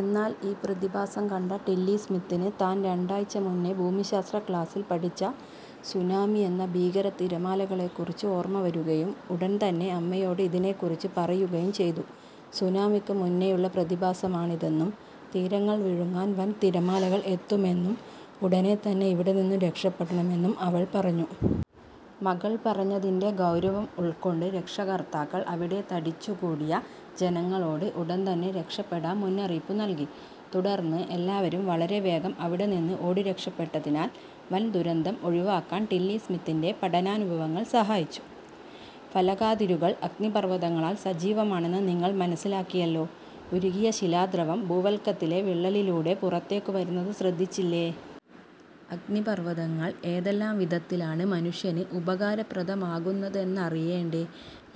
എന്നാൽ ഈ പ്രതിഭാസം കണ്ട ടില്ലി സ്മിത്തിന് താൻ രണ്ടാഴ്ച മുന്നേ ഭൂമിശാസ്ത്ര ക്ലാസിൽ പഠിച്ച സുനാമി എന്ന ഭീകര തിരമാലകളെക്കുറിച്ച് ഓർമ്മ വരുകയും ഉടൻ തന്നെ അമ്മയോട് ഇതിനെക്കുറിച്ച് പറയുകയും ചെയ്തു. സുനാമിക്കു മുന്നേയുളള പ്രതിഭാസമാണിതെന്നും തീരങ്ങൾ വിഴുങ്ങാൻ വൻ തിരമാലകൾ എത്തുമെന്നും ഉടനെ തന്നെ ഇവിടെ നിന്നും രക്ഷപ്പെടണമെന്നും അവൾ പറഞ്ഞു. മകൾ പറഞ്ഞതിന്റെ ഗൗരവം ഉൾക്കൊണ്ട് രക്ഷകർത്താക്കൾ അവിടെ തടിച്ചുകൂടിയ ജനങ്ങളോട് ഉടൻ തന്നെ രക്ഷപ്പെടാൻ മുന്നറിയിപ്പ് നൽകി. തുടർന്ന് എല്ലാവരും വളരെവേഗം അവിടെ നിന്ന് ഓടിരക്ഷപ്പെട്ടതിനാൽ വൻദുരന്തം ഒഴിവാക്കാൻ ടില്ലി സ്മിത്തിന്റെ പഠനാനുഭവങ്ങൾ സഹായിച്ചു. ഫലകാതിരുകൾ അഗ്നിപർവതങ്ങളാൽ സജീവമാണെന്ന് നിങ്ങൾ മനസ്സിലാക്കിയല്ലോ. ഉരുകിയ ശിലാദ്രവം ഭൂവൽക്കത്തിലെ വിള്ളലിലൂടെ പുറത്തേക്കു വരുന്നത് ശ്രദ്ധിച്ചില്ലേ. അഗ്നിപർവതങ്ങൾ ഏതെല്ലാം വിധത്തിലാണ് മനുഷ്യന് ഉപകാരപ്രദമാകുന്നതെന്നറിയേണ്ടേ?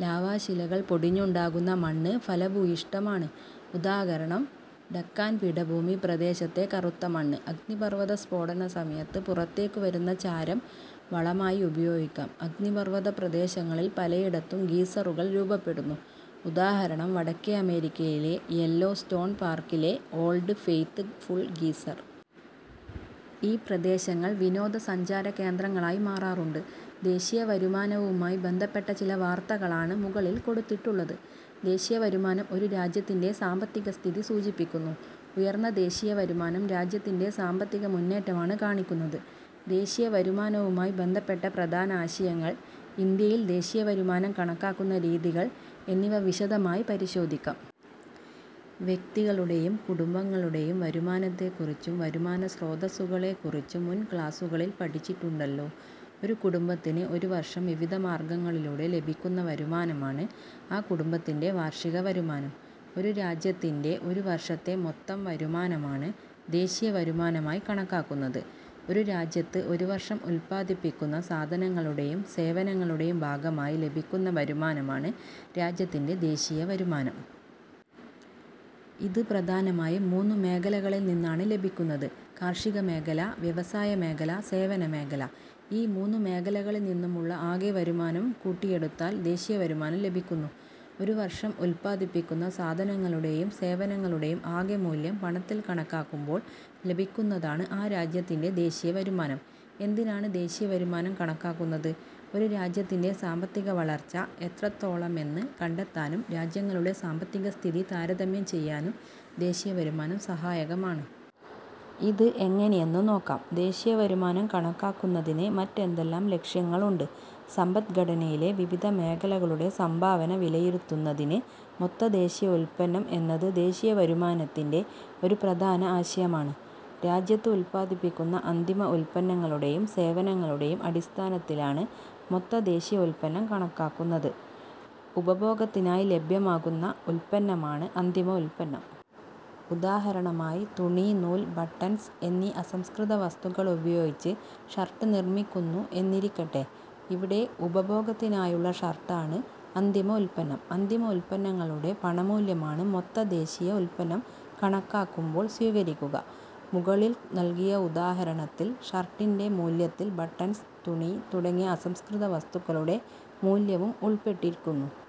ലാവാശിലകൾ പൊടിഞ്ഞുണ്ടാകുന്ന മണ്ണ് ഫലഭൂയിഷ്ഠമാണ്. ഉദാഹരണം ഡക്കാൻ പീഠഭൂമി പ്രദേശത്തെ കറുത്തമണ്ണ്. അഗ്നിപർവതസ്ഫോടന സമയത്ത് പുറത്തേക്കു വരുന്ന ചാരം വളമായി ഉപയോഗിക്കാം. അഗ്നിപർവതപ്രദേശങ്ങളിൽ പലയിടത്തും ഗീസറുകൾ രൂപപ്പെടുന്നു. ഉദാഹരണം വടക്കെ അമേരിക്കയിലെ യെല്ലോ സ്റ്റോൺ പാർക്കിലെ ഓൾഡ് ഫെയ്ത് ഫുൾ ഗീസർ. ഈ പ്രദേശങ്ങൾ വിനോദ സഞ്ചാര കേന്ദ്രങ്ങളായി മാറാറുണ്ട്. ദേശീയവരുമാനവുമായി ബന്ധപ്പെട്ട ചില വാർത്തകളാണ് മുകളിൽ കൊടുത്തിട്ടുള്ളത്. ദേശീയവരുമാനം ഒരു രാജ്യത്തിന്റെ സാമ്പത്തികസ്ഥിതി സൂചിപ്പിക്കുന്നു. ഉയർന്ന ദേശീയ വരുമാനം രാജ്യത്തിന്റെ സാമ്പത്തികമുന്നേറ്റമാണ് കാണിക്കുന്നത്. ദേശീയവരുമാനവുമായി ബന്ധപ്പെട്ട പ്രധാനാശയങ്ങൾ, ഇന്ത്യയിൽ ദേശീയവരുമാനം കണക്കാക്കുന്ന രീതികൾ എന്നിവ വിശദമായി പരിശോധിക്കാം. വ്യക്തികളുടെയും കുടുംബങ്ങളുടെയും വരുമാനത്തെക്കുറിച്ചും വരുമാനസ്രോതസ്സുകളെക്കുറിച്ചും മുൻ ക്ലാസുകളിൽ പഠിച്ചിട്ടുണ്ടല്ലോ. ഒരു കുടുംബത്തിന് ഒരുവർഷം വിവിധ മാർഗങ്ങളിലൂടെ ലഭിക്കുന്ന വരുമാനമാണ് ആ കുടുംബത്തിന്റെ വാർഷികവരുമാനം. ഒരു രാജ്യത്തിന്റെ ഒരു വർഷത്തെ മൊത്തം വരുമാനമാണ് ദേശീയവരുമാനമായി കണക്കാക്കുന്നത്. ഒരു രാജ്യത്ത് ഒരു വർഷം ഉൽപ്പാദിപ്പിക്കുന്ന സാധനങ്ങളുടെയും സേവനങ്ങളുടെയും ഭാഗമായി ലഭിക്കുന്ന വരുമാനമാണ് രാജ്യത്തിന്റെ ദേശീയവരുമാനം. ഇത് പ്രധാനമായും മൂന്നു മേഖലകളിൽനിന്നാണ് ലഭിക്കുന്നത്. കാർഷികമേഖല, വ്യവസായമേഖല, സേവനമേഖല. ഈ മൂന്നു മേഖലകളിൽ നിന്നുമുള്ള ആകെ വരുമാനം കൂട്ടിയെടുത്താൽ ദേശീയവരുമാനം ലഭിക്കുന്നു. ഒരുവർഷം ഉൽപ്പാദിപ്പിക്കുന്ന സാധനങ്ങളുടെയും സേവനങ്ങളുടെയും ആകെ മൂല്യം പണത്തിൽ കണക്കാക്കുമ്പോൾ ലഭിക്കുന്നതാണ് ആ രാജ്യത്തിന്റെ ദേശീയവരുമാനം. എന്തിനാണ് ദേശീയവരുമാനം കണക്കാക്കുന്നത്? ഒരു രാജ്യത്തിന്റെ സാമ്പത്തികവളർച്ച എത്രത്തോളമെന്ന് കണ്ടെത്താനും രാജ്യങ്ങളുടെ സാമ്പത്തികസ്ഥിതി താരതമ്യം ചെയ്യാനും ദേശീയവരുമാനം സഹായകമാണ്. ഇത് എങ്ങനെയെന്നു നോക്കാം. ദേശീയവരുമാനം കണക്കാക്കുന്നതിന് മറ്റെന്തെല്ലാം ലക്ഷ്യങ്ങളുണ്ട്? സമ്പദ്ഘടനയിലെ വിവിധ മേഖലകളുടെ സംഭാവന വിലയിരുത്തുന്നതിന്. മൊത്ത ദേശീയ ഉൽപ്പന്നം എന്നത് ദേശീയവരുമാനത്തിന്റെ ഒരു പ്രധാന ആശയമാണ്. രാജ്യത്ത് ഉൽപ്പാദിപ്പിക്കുന്ന അന്തിമ ഉൽപ്പന്നങ്ങളുടെയും സേവനങ്ങളുടെയും അടിസ്ഥാനത്തിലാണ് മൊത്ത ദേശീയ ഉൽപ്പന്നം കണക്കാക്കുന്നത്. ഉപഭോഗത്തിനായി ലഭ്യമാകുന്ന ഉൽപ്പന്നമാണ് അന്തിമ ഉൽപ്പന്നം. ഉദാഹരണമായി, തുണി, നൂൽ, ബട്ടൺസ് എന്നീ അസംസ്കൃതവസ്തുക്കൾ ഉപയോഗിച്ച് ഷർട്ട് നിർമിക്കുന്നു എന്നിരിക്കട്ടെ. ഇവിടെ ഉപഭോഗത്തിനായുള്ള ഷർട്ട് ആണ് അന്തിമ ഉൽപ്പന്നം. അന്തിമ ഉൽപ്പന്നങ്ങളുടെ പണമൂല്യമാണ് മൊത്ത ദേശീയ ഉൽപ്പന്നം കണക്കാക്കുമ്പോൾ സ്വീകരിക്കുക. മുകളിൽ നൽകിയ ഉദാഹരണത്തിൽ ഷർട്ടിന്റെ മൂല്യത്തിൽ ബട്ടൻസ്, തുണി തുടങ്ങിയ അസംസ്കൃതവസ്തുക്കളുടെ മൂല്യവും ഉൾപ്പെട്ടിരിക്കുന്നു.